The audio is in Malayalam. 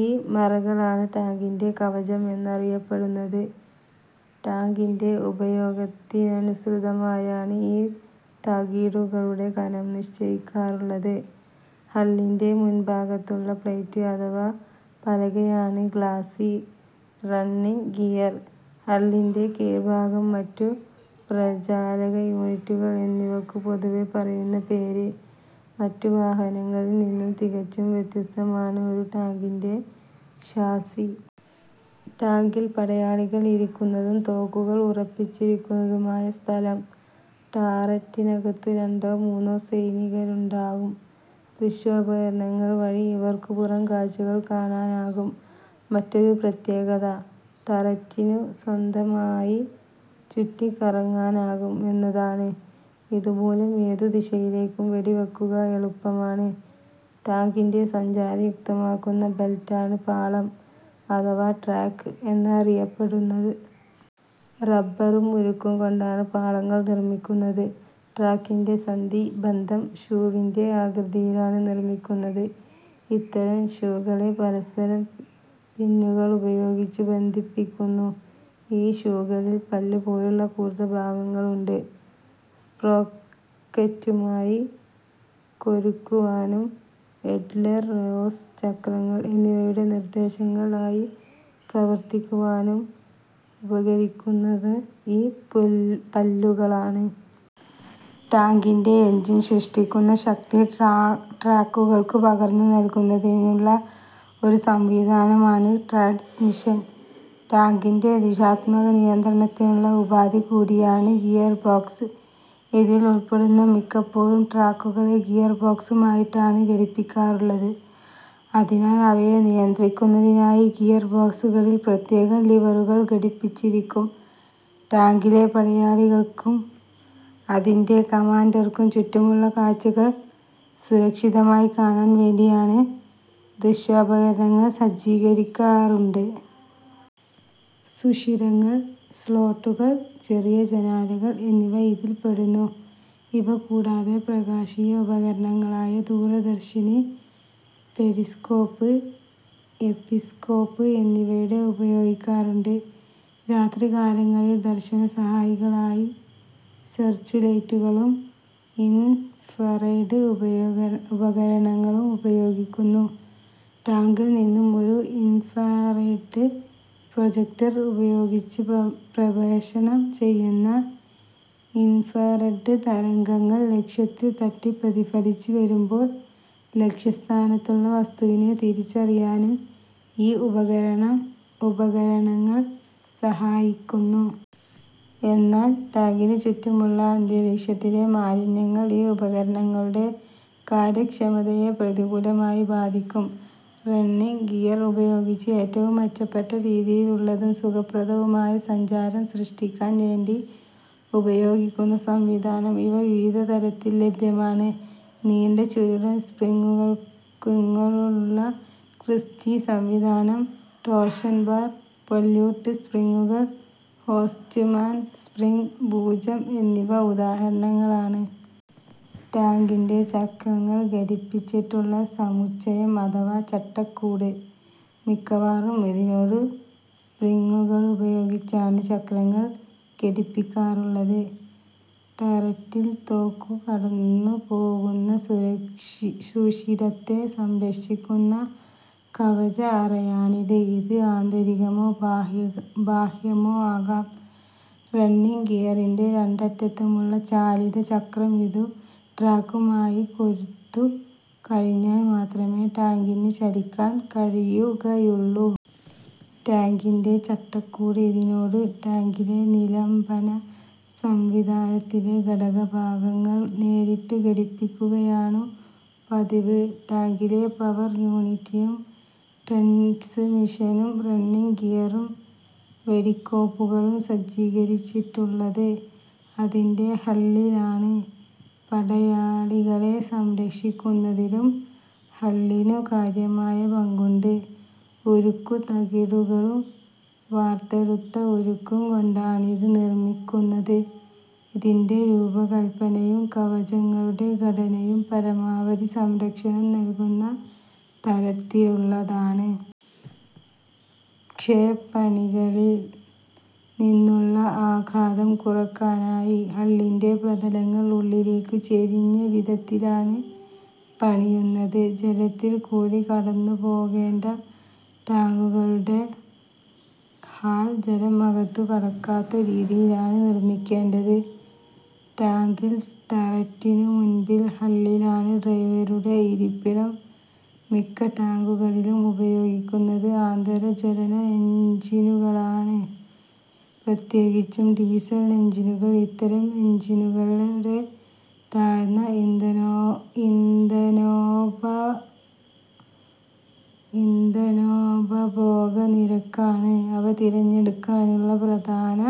ഈ മറകളാണ് ടാങ്കിന്റെ കവചം എന്നറിയപ്പെടുന്നത്. ടാങ്കിന്റെ ഉപയോഗത്തിനനുസൃതമായാണ് ഈ തകിടുകളുടെ കനം നിശ്ചയിക്കാറുള്ളത്. ഹള്ളിന്റെ മുൻഭാഗത്തുള്ള പ്ലേറ്റ് അഥവാ പലകയാണ് ഗ്ലാസി. റണ്ണിങ്ങ് ഗിയർ, ഹള്ളിന്റെ കീഴ്ഭാഗം, മറ്റു പ്രചാലക യൂണിറ്റുകൾ എന്നിവയ്ക്കു പൊതുവേ പറയുന്ന പേര്. മറ്റു വാഹനങ്ങളിൽ നിന്നും തികച്ചും വ്യത്യസ്തമാണ് ഒരു ടാങ്കിന്റെ ഷാസി. ടാങ്കിൽ പടയാളികൾ ഇരിക്കുന്നതും തോക്കുകൾ ഉറപ്പിച്ചിരിക്കുന്നതുമായ സ്ഥലം. ടാററ്റിനകത്തു രണ്ടോ മൂന്നോ സൈനികരുണ്ടാവും. ദൃശ്യോപകരണങ്ങൾ വഴി ഇവർക്കു പുറംകാഴ്ചകൾ കാണാനാകും. മറ്റൊരു പ്രത്യേകത ടററ്റിനു സ്വതന്ത്രമായി ത്ഥ -ഉം ചുറ്റിക്കറങ്ങാനാകും എന്നതാണ്. ഇതുമൂലം ഏതു ദിശയിലേക്കും വെടിവെയ്ക്കുക എളുപ്പമാണ്. ടാങ്കിനെ സഞ്ചാരയുക്തമാക്കുന്ന ബെൽറ്റാണ് പാളം അഥവാ ട്രാക്ക് എന്നറിയപ്പെടുന്നത്. റബറും ഉരുക്കും കൊണ്ടാണ് പാളങ്ങൾ നിർമ്മിക്കുന്നത്. ട്രാക്കിന്റെ സന്ധി ബന്ധം ഷൂവിന്റെ ആകൃതിയിലാണ് നിർമ്മിക്കുന്നത്. ഇത്തരം 'ഷൂകളെ' പരസ്പരം പിന്നുകളുപയോഗിച്ചു ബന്ധിപ്പിക്കുന്നു. ഈ ഷൂകളിൽ പല്ലു പോലുള്ള കൂർത്ത ഭാഗങ്ങളുണ്ട്. സ്പ്രോക്കറ്റുമായി കൊരുക്കുവാനും, ഐഡ്ലർ, റോസ് ചക്രങ്ങൾ എന്നിവയുടെ നിർദ്ദേശകങ്ങൾ ആയി പ്രവർത്തിക്കുവാനും ഉപകരിക്കുന്നത് ഈ പല്ലുകളാണ്. ടാങ്കിന്റെ എൻജിൻ സൃഷ്ടിക്കുന്ന ശക്തി ട്രാക്കുകൾക്കു പകർന്നു നൽകുന്നതിനുള്ള ഒരു സംവിധാനമാണ് ട്രാൻസ്മിഷൻ. ടാങ്കിന്റെ ദിശാത്മക നിയന്ത്രണത്തിനുള്ള ഉപാധി കൂടിയാണിത്. ഗിയർ ബോക്സ് ഇതിൽ ഉൾപ്പെടുന്നു. മിക്കപ്പോഴും ട്രാക്കുകളെ ഗിയർ ബോക്സുമായിട്ടാണ് ഘടിപ്പിക്കാറുള്ളത്. അതിനാൽ അവയെ നിയന്ത്രിക്കുന്നതിനായി ഗിയർ ബോക്സുകളിൽ പ്രത്യേകം ലിവറുകൾ ഘടിപ്പിച്ചിരിക്കും. ടാങ്കിലെ പടയാളികൾക്കും അതിന്റെ കമാൻഡർക്കും ചുറ്റുമുള്ള കാഴ്ചകൾ സുരക്ഷിതമായി കാണാൻ വേണ്ടി ദൃശ്യോപകരണങ്ങൾ സജ്ജീകരിക്കാറുണ്ട്. സുഷിരങ്ങൾ, സ്ലോട്ടുകൾ, ചെറിയ ജനാലകൾ എന്നിവ ഇതിൽപ്പെടുന്നു. ഇവ കൂടാതെ പ്രകാശീയ ഉപകരണങ്ങളായ ദൂരദർശിനി, പെരിസ്കോപ്പ്, എപ്പിസ്കോപ്പ് എന്നിവയും ഉപയോഗിക്കാറുണ്ട്. രാത്രികാലങ്ങളിൽ ദർശന സഹായികളായി സെർച്ചു ലൈറ്റുകളും, ഇൻഫ്രാറെഡ് ഉപകരണങ്ങളും ഉപയോഗിക്കുന്നു. ടാങ്കിൽ നിന്നും ഒരു ഇൻഫ്രാറെഡ് പ്രൊജക്ടർ ഉപയോഗിച്ച് പ്രേഷണം ചെയ്യുന്ന ഇൻഫ്രാറെഡ് തരംഗങ്ങൾ ലക്ഷ്യത്തിൽ തട്ടി പ്രതിഫലിച്ചു വരുമ്പോൾ ലക്ഷ്യസ്ഥാനത്തുള്ള വസ്തുവിനെ തിരിച്ചറിയാനും ഈ ഉപകരണങ്ങൾ സഹായിക്കുന്നു. എന്നാൽ ടാങ്കിനു ചുറ്റുമുള്ള അന്തരീക്ഷത്തിലെ മാലിന്യങ്ങൾ ഈ ഉപകരണങ്ങളുടെ കാര്യക്ഷമതയെ പ്രതികൂലമായി ബാധിക്കും. റണ്ണിങ്ങ് ഗിയർ ഉപയോഗിച്ച്, ഏറ്റവും മെച്ചപ്പെട്ട രീതിയിലുള്ളതും സുഖപ്രദവുമായ സഞ്ചാരം സൃഷ്ടിക്കാൻ വേണ്ടി, ഉപയോഗിക്കുന്ന സംവിധാനം. ഇവ വിവിധ തരത്തിൽ ലഭ്യമാണ്. നീണ്ട ചുരുളൻ സ്പ്രിങ്ങുകളുള്ള ക്രിസ്റ്റി സംവിധാനം, ടോർഷൺ ബാർ, പൊല്യൂട്ട് സ്പ്രിങ്ങുകൾ, ഹോഴ്സ്റ്റ്മാൻ, സ്പ്രിങ്ങ് ഭുജം എന്നിവ ഉദാഹരണങ്ങളാണ്. ടാങ്കിന്റെ ചക്രങ്ങൾ ഘടിപ്പിച്ചിട്ടുള്ള സമുച്ചയം അഥവാ ചട്ടക്കൂട്. മിക്കവാറും ഇതിനോടു സ്പ്രിങ്ങുകളുപയോഗിച്ചാണ് ചക്രങ്ങൾ ഘടിപ്പിക്കാറുള്ളത്. ടററ്റിൽ തോക്കു കടന്നുപോകുന്ന സുഷിരത്തെ സംരക്ഷിക്കുന്ന കവച അറയാണിത്. ഇത് ആന്തരികമോ ബാഹ്യമോ ആകാം. റണ്ണിങ്ങ് ഗിയറിന്റെ രണ്ടറ്റത്തുമുള്ള ചാലിത ചക്രം. ഇതു ട്രാക്കുമായി കൊരുത്തു കഴിഞ്ഞാൽ മാത്രമേ ടാങ്കിനു ചലിക്കാൻ കഴിയുകയുള്ളു. ടാങ്കിന്റെ ചട്ടക്കൂട്. ഇതിനോടു ടാങ്കിലെ നിലംബന സംവിധാനത്തിലെ ഘടക ഭാഗങ്ങൾ നേരിട്ടു ഘടിപ്പിക്കുകയാണു പതിവ്. ടാങ്കിലെ പവർ യൂണിറ്റും, ട്രാൻസ്മിഷനും, റണ്ണിങ്ങ് ഗിയറും, വെടിക്കോപ്പുകളും സജ്ജീകരിച്ചിട്ടുള്ളത് അതിന്റെ ഹള്ളിലാണ്. പടയാളികളെ സംരക്ഷിക്കുന്നതിലും ഹള്ളിനു കാര്യമായ പങ്കുണ്ട്. ഉരുക്കു തകിടുകളും വാർത്തെടുത്ത ഉരുക്കും കൊണ്ടാണിത് നിർമ്മിക്കുന്നത്. ഇതിന്റെ രൂപകല്പനയും കവചങ്ങളുടെ ഘടനയും പരമാവധി സംരക്ഷണം നൽകുന്ന തരത്തിലുള്ളതാണ്. ക്ഷേപണികളിൽ നിന്നുള്ള ആഘാതം കുറയ്ക്കാനായി ഹള്ളിന്റെ പ്രതലങ്ങൾ ഉള്ളിലേക്കു ചരിഞ്ഞ വിധത്തിലാണ് പണിയുന്നത്. ജലത്തിൽ കൂടി കടന്നു പോകേണ്ട ടാങ്കുകളുടെ ഹൾ, ജലം അകത്തു കടക്കാത്ത രീതിയിലാണ് നിർമ്മിക്കേണ്ടത്. ടാങ്കിൽ ടററ്റിനു മുൻപിൽ ഹള്ളിലാണ് ഡ്രൈവറുടെ ഇരിപ്പിടം. മിക്ക ടാങ്കുകളിലും ഉപയോഗിക്കുന്നത് ആന്തര ജ്വലന എൻജിനുകളാണ്- പ്രത്യേകിച്ചും ഡീസൽ എൻജിനുകൾ. ഇത്തരം എൻജിനുകളുടെ താഴ്ന്ന ഇന്ധനോപഭോഗ നിരക്കാണ് അവ തിരഞ്ഞെടുക്കാനുള്ള പ്രധാന